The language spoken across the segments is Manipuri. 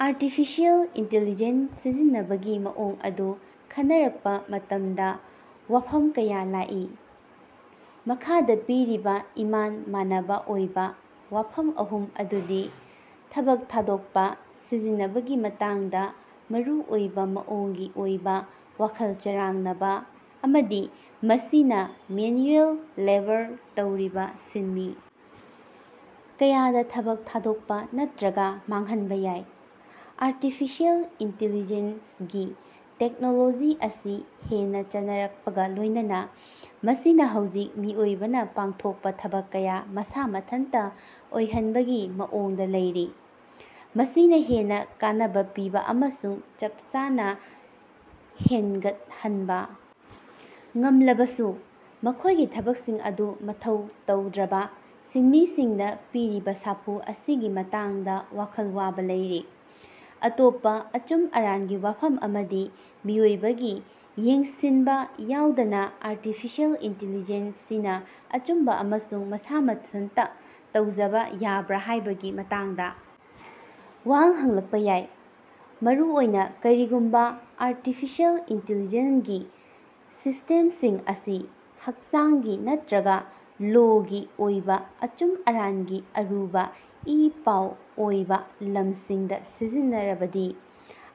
ꯑꯥꯔꯇꯤꯐꯤꯁꯦꯜ ꯏꯟꯇꯦꯜꯂꯤꯖꯦꯟꯠ ꯁꯤꯖꯤꯟꯅꯕꯒꯤ ꯃꯑꯣꯡ ꯑꯗꯨ ꯈꯟꯅꯔꯛꯄ ꯃꯇꯝꯗ ꯋꯥꯐꯝ ꯀꯌꯥ ꯂꯥꯛꯏ꯫ ꯃꯈꯥꯗ ꯄꯤꯔꯤꯕ ꯏꯃꯥꯟ ꯃꯥꯅꯕ ꯑꯣꯏꯕ ꯋꯥꯐꯝ ꯑꯍꯨꯝ ꯑꯗꯨꯗꯤ ꯊꯕꯛ ꯊꯥꯗꯣꯛꯄ, ꯁꯤꯖꯤꯟꯅꯕꯒꯤ ꯃꯇꯥꯡꯗ ꯃꯔꯨꯑꯣꯏꯕ ꯃꯑꯣꯡꯒꯤ ꯑꯣꯏꯕ ꯋꯥꯈꯜ ꯆꯔꯥꯡꯅꯕ, ꯑꯃꯗꯤ ꯃꯁꯤꯅ ꯃꯦꯟꯌꯨꯑꯦꯜ ꯂꯦꯕꯔ ꯇꯧꯔꯤꯕ ꯁꯤꯟꯃꯤ ꯀꯌꯥꯗ ꯊꯕꯛ ꯊꯥꯗꯣꯛꯄ ꯅꯠꯇ꯭ꯔꯒ ꯃꯥꯡꯍꯟꯕ ꯌꯥꯏ꯫ ꯑꯥꯔꯇꯤꯐꯤꯁꯦꯜ ꯏꯟꯇꯦꯜꯂꯤꯖꯦꯟꯠ ꯒꯤ ꯇꯦꯛꯅꯣꯂꯣꯖꯤ ꯑꯁꯤ ꯍꯦꯟꯅ ꯆꯠꯅꯔꯛꯄꯒ ꯂꯣꯏꯅꯅ ꯃꯁꯤꯅ ꯍꯧꯖꯤꯛ ꯃꯤꯑꯣꯏꯕꯅ ꯄꯥꯡꯊꯣꯛꯄ ꯊꯕꯛ ꯀꯌꯥ ꯃꯁꯥ ꯃꯊꯟꯇ ꯑꯣꯏꯍꯟꯕꯒꯤ ꯃꯑꯣꯡꯗ ꯂꯩꯔꯤ꯫ ꯃꯁꯤꯅ ꯍꯦꯟꯅ ꯀꯥꯅꯕ ꯄꯤꯕ ꯑꯃꯁꯨꯡ ꯆꯞ ꯆꯥꯅ ꯍꯦꯟꯒꯠꯍꯟꯕ ꯉꯝꯂꯕꯁꯨ, ꯃꯈꯣꯏꯒꯤ ꯊꯕꯛꯁꯤꯡ ꯑꯗꯨ ꯃꯊꯧ ꯇꯧꯗ꯭ꯔꯕ ꯁꯤꯟꯃꯤꯁꯤꯡꯗ ꯄꯤꯔꯤꯕ ꯁꯥꯐꯨ ꯑꯁꯤꯒꯤ ꯃꯇꯥꯡꯗ ꯋꯥꯈꯜ ꯋꯥꯕ ꯂꯩꯔꯤ꯫ ꯑꯇꯣꯞꯄ ꯑꯆꯨꯝ ꯑꯔꯥꯟꯒꯤ ꯋꯥꯐꯝ ꯑꯃꯗꯤ ꯃꯤꯑꯣꯏꯕꯒꯤ ꯌꯦꯡꯁꯤꯟꯕ ꯌꯥꯎꯗꯅ ꯑꯔꯇꯤꯐꯤꯁꯦꯜ ꯏꯟꯇꯦꯜꯂꯤꯖꯦꯟ ꯁꯤꯅ ꯑꯆꯨꯝꯕ ꯑꯃꯁꯨꯡ ꯃꯁꯥ ꯃꯊꯟꯇ ꯇꯧꯖꯕ ꯌꯥꯕ꯭ꯔ ꯍꯥꯢꯕꯒꯤ ꯃꯇꯥꯡꯗ ꯋꯥꯍꯪ ꯍꯪꯂꯛꯄ ꯌꯥꯏ, ꯃꯔꯨꯑꯣꯏꯅ ꯀꯔꯤꯒꯨꯝꯕ ꯑꯔꯇꯤꯐꯤꯁꯦꯜ ꯏꯅꯇꯦꯜꯂꯤꯖꯦꯟꯒꯤ ꯁꯤꯁ꯭ꯇꯦꯝꯁꯤꯡ ꯑꯁꯤ ꯍꯛꯆꯥꯡꯒꯤ ꯅꯠꯇ꯭ꯔꯒ ꯂꯣ ꯒꯤ ꯑꯣꯏꯕ ꯑꯆꯨꯝ ꯑꯔꯥꯟꯒꯤ ꯑꯔꯨꯕ ꯏꯄꯥꯎ ꯑꯣꯏꯕ ꯂꯝꯁꯤꯡꯗ ꯁꯤꯖꯤꯟꯅꯔꯕꯗꯤ꯫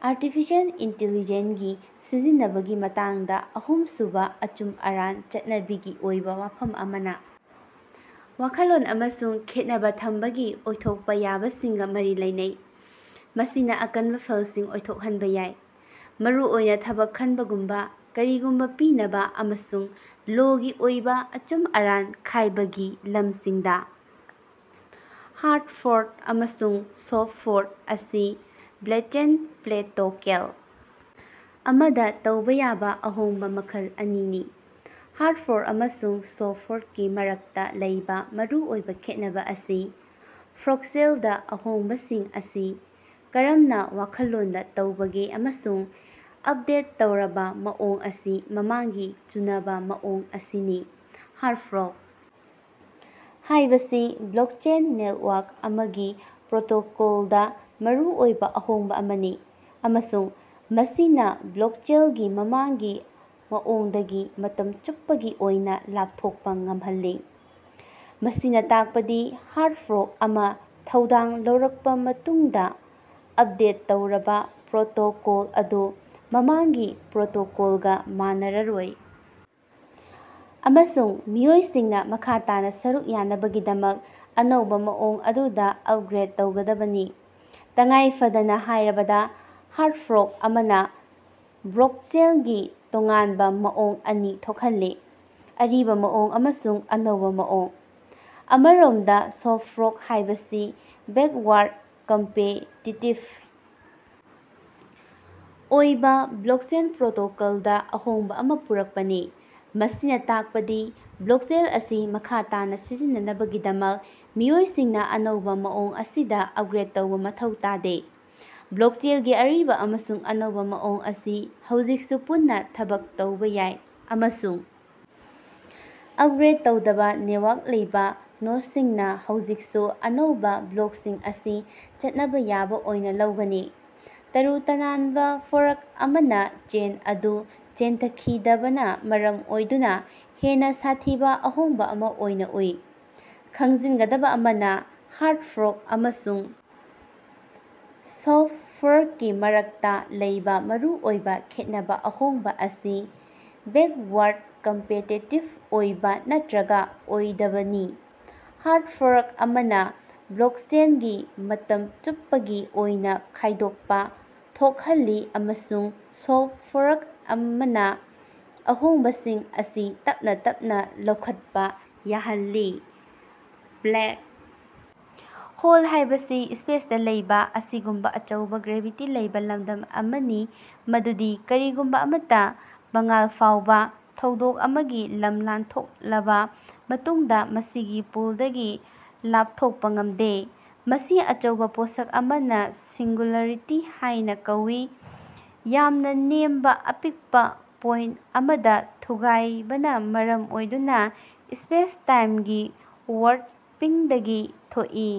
ꯑꯔꯇꯤꯐꯤꯁꯦꯜ ꯏꯅꯇꯦꯜꯂꯤꯖꯦꯟ ꯒꯤ ꯁꯤꯖꯤꯟꯅꯕꯒꯤ ꯃꯇꯥꯡꯗ ꯑꯍꯨꯝꯁꯨꯕ ꯑꯆꯨꯝ ꯑꯔꯥꯟ ꯆꯠꯅꯕꯤꯒꯤ ꯑꯣꯏꯕ ꯋꯥꯐꯝ ꯑꯃꯅ ꯋꯥꯈꯜꯂꯣꯟ ꯑꯃꯁꯨꯡ ꯈꯦꯠꯅꯕ ꯊꯝꯕꯒꯤ ꯑꯣꯏꯊꯣꯛꯄ ꯌꯥꯕꯁꯤꯡꯒ ꯃꯔꯤ ꯂꯩꯅꯩ꯫ ꯃꯁꯤꯅ ꯑꯀꯟꯕ ꯐꯜꯁꯤꯡ ꯊꯣꯛꯍꯟꯕ ꯌꯥꯏ, ꯃꯔꯨꯑꯣꯏꯅ ꯊꯕꯛ ꯈꯟꯕꯒꯨꯝꯕ, ꯀꯔꯤꯒꯨꯝꯕ ꯄꯤꯅꯕ, ꯑꯃꯁꯨꯡ ꯂꯣ ꯒꯤ ꯑꯣꯏꯕ ꯑꯆꯨꯝ ꯑꯔꯥꯟ ꯈꯥꯏꯕꯒꯤꯂꯝꯁꯤꯡꯗ꯫ ꯍꯥꯔꯗ ꯐꯣꯔꯛ ꯑꯃꯁꯨꯡ ꯁꯣꯐ꯭ꯠ ꯐꯣꯔꯛ ꯑꯁꯤ ꯕ꯭ꯂꯣꯛꯆꯦꯟ ꯄ꯭ꯔꯣꯇꯣꯀꯣꯜ ꯑꯃꯗ ꯇꯧꯕ ꯌꯥꯕ ꯑꯍꯣꯡꯕ ꯃꯈꯜ ꯑꯅꯤꯅꯤ꯫ ꯍꯥꯔꯗ ꯐꯣꯔꯛ ꯑꯃꯁꯨꯡ ꯁꯣꯐ꯭ꯠ ꯐꯣꯔꯛꯀꯤ ꯃꯔꯛꯇ ꯂꯩꯕ ꯃꯔꯨꯑꯣꯏꯕ ꯈꯦꯠꯅꯕ ꯑꯁꯤ ꯕ꯭ꯂꯣꯛꯆꯦꯟꯗ ꯑꯍꯣꯡꯕꯁꯤꯡ ꯑꯁꯤ ꯀꯔꯝꯅ ꯋꯥꯈꯜꯂꯣꯟꯗ ꯇꯧꯕꯒꯦ ꯑꯃꯁꯨꯡ ꯑꯞꯗꯦꯠ ꯇꯧꯔꯕ ꯃꯑꯣꯡ ꯑꯁꯤ ꯃꯃꯥꯡꯒꯤ ꯆꯨꯅꯕ ꯃꯑꯣꯡ ꯑꯁꯤꯅꯤ꯫ ꯍꯥꯔꯗ ꯐꯣꯔꯛ ꯍꯥꯏꯕꯁꯤ ꯕ꯭ꯂꯣꯛꯆꯦꯟ ꯅꯦꯇꯋꯥꯔꯛ ꯑꯃꯒꯤ ꯄ꯭ꯔꯣꯇꯣꯀꯣꯜꯗ ꯃꯔꯨꯑꯣꯏꯕ ꯑꯍꯣꯡꯕ ꯑꯃꯅꯤ ꯑꯃꯁꯨꯡ ꯃꯁꯤꯅ ꯕ꯭ꯂꯣꯛꯆꯦꯟꯒꯤ ꯃꯃꯥꯡꯒꯤ ꯃꯑꯣꯡꯗꯒꯤ ꯃꯇꯝ ꯆꯨꯞꯄꯒꯤ ꯑꯣꯏꯅ ꯂꯥꯞꯊꯣꯛꯄ ꯉꯝꯍꯜꯂꯤ꯫ ꯃꯁꯤꯅ ꯇꯥꯛꯄꯗꯤ ꯍꯥꯔꯗ ꯐꯣꯔꯛ ꯑꯃ ꯊꯧꯗꯥꯡ ꯂꯧꯔꯛꯄ ꯃꯇꯨꯡꯗ, ꯑꯞꯗꯦꯠ ꯇꯧꯔꯕ ꯄ꯭ꯔꯣꯇꯣꯀꯣꯜ ꯑꯗꯨ ꯃꯃꯥꯡꯒꯤ ꯄ꯭ꯔꯣꯇꯣꯀꯣꯜꯒ ꯃꯥꯟꯅꯔꯔꯣꯏ ꯑꯃꯁꯨꯡ ꯃꯤꯑꯣꯏꯁꯤꯡꯅ ꯃꯈꯥ ꯇꯥꯅ ꯁꯔꯨꯛ ꯌꯥꯟꯕꯒꯤꯗꯃꯛ ꯑꯅꯧꯕ ꯃꯑꯣꯡ ꯑꯗꯨꯗ ꯑꯞꯒ꯭ꯔꯦꯗ ꯇꯧꯒꯗꯕꯅꯤ꯫ ꯇꯉꯥꯏ ꯐꯗꯅ ꯍꯥꯏꯔꯕꯗ, ꯍꯥꯔꯗ ꯐꯣꯔꯛ ꯑꯃꯅ ꯕ꯭ꯂꯣꯛꯆꯦꯟꯒꯤ ꯇꯣꯉꯥꯟꯕ ꯃꯑꯣꯡ ꯑꯅꯤ ꯊꯣꯛꯍꯜꯂꯤ, ꯑꯔꯤꯕ ꯃꯑꯣꯡ ꯑꯃꯁꯨꯡ ꯑꯅꯧꯕ ꯃꯑꯣꯡ꯫ ꯑꯃꯔꯣꯝꯗ ꯁꯣꯐ꯭ꯠ ꯐꯣꯔꯛ ꯍꯥꯏꯕꯁꯤ ꯕꯦꯛꯋꯥꯔꯗ ꯀꯝꯄꯦꯇꯤꯇꯤꯕ ꯑꯣꯏꯕ ꯕ꯭ꯂꯣꯛꯆꯦꯟ ꯄ꯭ꯔꯣꯇꯣꯀꯣꯜꯗ ꯑꯍꯣꯡꯕ ꯑꯃ ꯄꯨꯔꯛꯄꯅꯤ꯫ ꯃꯁꯤꯅ ꯇꯥꯛꯄꯗꯤ ꯕ꯭ꯂꯣꯛꯆꯦꯟ ꯑꯁꯤ ꯃꯈꯥ ꯇꯥꯅ ꯁꯤꯖꯤꯟꯅꯅꯕꯒꯤꯗꯃꯛ ꯃꯤꯑꯣꯏꯁꯤꯡꯅ ꯑꯅꯧꯕ ꯃꯑꯣꯡ ꯑꯁꯤꯗ ꯑꯞꯒ꯭ꯔꯦꯗ ꯇꯧꯕ ꯃꯊꯧ ꯇꯥꯗꯦ꯫ ꯕ꯭ꯂꯣꯛꯆꯦꯟꯒꯤ ꯑꯔꯤꯕ ꯑꯃꯁꯨꯡ ꯑꯅꯧꯕ ꯃꯑꯣꯡ ꯑꯁꯤ ꯍꯧꯖꯤꯛꯁꯨ ꯄꯨꯟꯅ ꯊꯕꯛ ꯇꯧꯕ ꯌꯥꯏ, ꯑꯃꯁꯨꯡ ꯑꯞꯒ꯭ꯔꯦꯗ ꯇꯧꯗꯕ ꯅꯦꯇꯋꯥꯔꯛꯇ ꯂꯩꯕ ꯅꯣꯗꯁꯤꯡꯅ ꯍꯧꯖꯤꯛꯁꯨ ꯑꯅꯧꯕ ꯕ꯭ꯂꯣꯛꯁꯤꯡ ꯑꯁꯤ ꯆꯠꯅꯕ ꯌꯥꯕ ꯑꯣꯏꯅ ꯂꯧꯒꯅꯤ꯫ ꯇꯔꯨ ꯇꯅꯥꯟꯕ ꯐꯣꯔꯛ ꯑꯃꯅ ꯆꯦꯟ ꯑꯗꯨ ꯆꯦꯟꯊꯈꯤꯗꯕꯅ ꯃꯔꯝ ꯑꯣꯏꯗꯨꯅ ꯍꯦꯟꯅ ꯁꯥꯊꯤꯕ ꯑꯍꯣꯡꯕ ꯑꯃ ꯑꯣꯏꯅ ꯎꯏ꯫ ꯈꯪꯖꯤꯟꯒꯗꯕ ꯑꯃꯅ ꯍꯥꯔꯗ ꯐꯣꯔꯛ ꯑꯃꯁꯨꯡ ꯁꯣꯐ꯭ꯠ ꯐꯣꯔꯛꯀꯤ ꯃꯔꯛꯇ ꯂꯩꯕ ꯃꯔꯨꯑꯣꯏꯕ ꯈꯦꯠꯅꯕ ꯑꯍꯣꯡꯕ ꯑꯁꯤ ꯕꯦꯛꯋꯥꯔꯗ ꯀꯝꯄꯦꯇꯤꯇꯤꯕ ꯑꯣꯏꯕ ꯅꯠꯇ꯭ꯔꯒ ꯑꯣꯏꯗꯕꯅꯤ, ꯍꯥꯔꯗ ꯐꯣꯔꯛ ꯑꯃꯅ ꯕ꯭ꯂꯣꯛꯆꯦꯟꯒꯤ ꯃꯇꯝ ꯆꯨꯞꯄꯒꯤ ꯑꯣꯏꯅ ꯈꯥꯏꯗꯣꯛꯄ ꯊꯣꯛꯍꯜꯂꯤ ꯑꯃꯁꯨꯡ ꯁꯣꯐ꯭ꯠ ꯐꯣꯔꯛ ꯑꯃꯅ ꯑꯍꯣꯡꯕꯁꯤꯡ ꯑꯁꯤ ꯇꯞꯅ ꯇꯞꯅ ꯂꯧꯈꯠꯄ ꯌꯥꯍꯜꯂꯤ꯫ ꯕ꯭ꯂꯦꯛ ꯍꯣꯜ ꯍꯥꯏꯕꯁꯤ ꯁ꯭ꯄꯦꯁꯇ ꯂꯩꯕ ꯑꯁꯤꯒꯨꯝꯕ ꯑꯆꯧꯕꯥ ꯒ꯭ꯔꯦꯚꯤꯇꯤ ꯂꯩꯕ ꯂꯝꯗꯝ ꯑꯃꯅꯤ ꯃꯗꯨꯗꯤ ꯀꯔꯤꯒꯨꯝꯕ ꯑꯃꯠꯇ, ꯃꯉꯥꯜ ꯐꯥꯎꯕ, ꯊꯧꯗꯣꯛ ꯑꯃꯒꯤ ꯂꯝ ꯂꯥꯟꯊꯣꯛꯂꯕ ꯃꯇꯨꯡꯗ ꯃꯁꯤꯒꯤ ꯄꯨꯜꯗꯒꯤ ꯂꯥꯞꯊꯣꯛꯄ ꯉꯝꯗꯦ꯫ ꯃꯁꯤ ꯑꯆꯧꯕ ꯄꯣꯠꯁꯛ ꯑꯃꯅ ꯁꯤꯡꯒꯨꯂꯔꯤꯇꯤ ꯍꯥꯏꯅ ꯀꯧꯏ ꯌꯥꯝꯅ ꯅꯦꯝꯕ ꯑꯄꯤꯛꯄ ꯄꯣꯏꯟꯇ ꯑꯃꯗ ꯊꯨꯒꯥꯏꯕꯅ ꯃꯔꯝ ꯑꯣꯏꯗꯨꯅ ꯁ꯭ꯄꯦꯁꯇꯥꯏꯝꯒꯤ ꯋꯥꯔꯄꯤꯡꯗꯒꯤ ꯊꯣꯛꯏ꯫